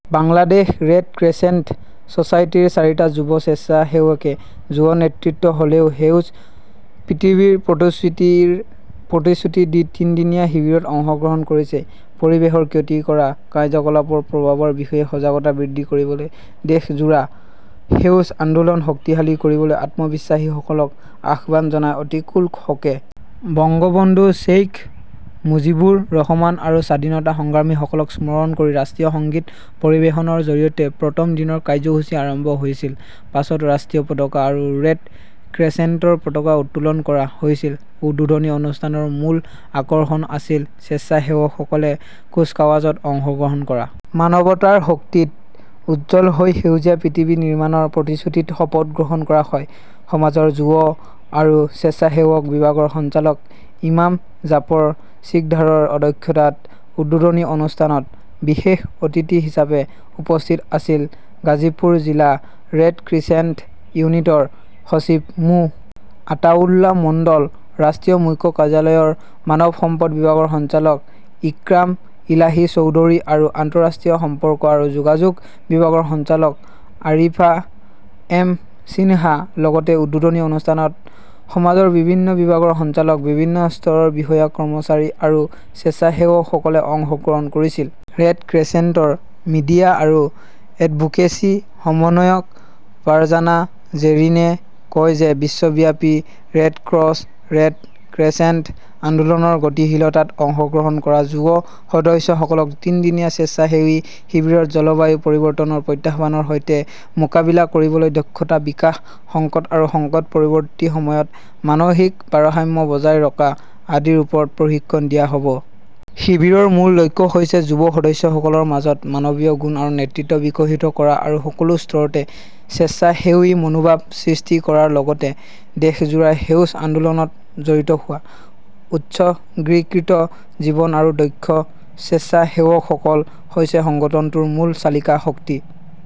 Bangladesh red crescent ছ'চাইটিৰ চাৰিটা যুৱ স্বেচ্ছাসেৱকে "যুৱ নেতৃত্ব হ'লেও সেউজ পৃথিৱীৰ প্ৰতিশ্ৰুতি"ৰ প্ৰতিশ্ৰুতি দি তিনিদিনীয়া শিবিৰত অংশগ্ৰহণ কৰিছে। পৰিৱেশৰ ক্ষতি কৰা কাৰ্যকলাপৰ প্ৰভাৱৰ বিষয়ে সজাগতা বৃদ্ধি কৰিবলৈ দেশজোৰা সেউজ আন্দোলন শক্তিশালী কৰিবলৈ আত্মবিশ্বাসীসকলক আহ্বান জনায় অতীকুল হ'কে । বংগবন্ধু শ্বেইখ মুজিবুৰ ৰহমান আৰু স্বাধীনতা সংগ্ৰামীসকলক স্মৰণ কৰি ৰাষ্ট্ৰীয় সংগীত পৰিৱেশনৰ জৰিয়তে প্ৰথম দিনৰ কাৰ্যসূচী আৰম্ভ হৈছিল। পাছত ৰাষ্ট্ৰীয় পতাকা আৰু ৰেড ক্ৰেচেণ্টৰ পতাকা উত্তোলন কৰা হৈছিল। উদ্বোধনী অনুষ্ঠানৰ মূল আকৰ্ষণ আছিল স্বেচ্ছাসেৱকসকলে কুচকাৱাজত অংশগ্ৰহণ কৰা। মানৱতাৰ শক্তিত উজ্জ্বল হৈ সেউজীয়া পৃথিৱী নিৰ্মাণৰ প্ৰতিশ্ৰুতিত শপত গ্ৰহণ কৰা হয়। সমাজৰ যুৱ আৰু স্বেচ্ছাসেৱক বিভাগৰ সঞ্চালক ইমাম জাফৰ সিকদাৰৰ অধ্যক্ষতাত উদ্বোধনী অনুষ্ঠানত বিশেষ অতিথি হিচাপে উপস্থিত আছিল গাজীপুৰ জিলা ৰেড ক্ৰেচেণ্ট ইউনিটৰ সচিব মো. আতাউল্লা মণ্ডল, ৰাষ্ট্ৰীয় মুখ্য কাৰ্যালয়ৰ মানৱ সম্পদ বিভাগৰ সঞ্চালক ইক্ৰাম ইলাহি চৌধুৰী আৰু আন্তঃৰাষ্ট্ৰীয় সম্পৰ্ক আৰু যোগাযোগ বিভাগৰ সঞ্চালক আৰিফা এম সিনহা। লগতে উদ্বোধনী অনুষ্ঠানত সমাজৰ বিভিন্ন বিভাগৰ সঞ্চালক, বিভিন্ন স্তৰৰ বিষয়া-কৰ্মচাৰী আৰু স্বেচ্ছাসেৱকসকলে অংশগ্ৰহণ কৰিছিল। ৰেড ক্ৰেচেণ্টৰ মিডিয়া আৰু এডভোকেচি সমন্বয়ক ফাৰ্জানা জেৰিনে কয় যে বিশ্বব্যাপী ৰেড ক্ৰছ ৰেড ক্ৰেচেণ্ট আন্দোলনৰ গতিশীলতাত অংশগ্ৰহণ কৰা যুৱ সদস্যসকলক তিনিদিনীয়া স্বেচ্ছাসেৱী শিবিৰত জলবায়ু পৰিৱৰ্তনৰ প্ৰত্যাহ্বানৰ সৈতে মোকাবিলা কৰিবলৈ দক্ষতা বিকাশ, সংকট আৰু সংকট-পৰৱৰ্তী সময়ত মানসিক ভাৰসাম্য বজাই ৰখা আদিৰ ওপৰত প্ৰশিক্ষণ দিয়া হ'ব । শিবিৰৰ মূল লক্ষ্য হৈছে যুৱ সদস্যসকলৰ মাজত মানৱীয় গুণ আৰু নেতৃত্ব বিকশিত কৰা আৰু সকলো স্তৰতে স্বেচ্ছাসেৱী মনোভাৱ সৃষ্টি কৰাৰ লগতে দেশজোৰা সেউজ আন্দোলনত জড়িত হোৱা। উৎসৰ্গীকৃত জীৱন আৰু দক্ষ স্বেচ্ছাসেৱকসকল হৈছে সংগঠনটোৰ মূল চালিকা শক্তি।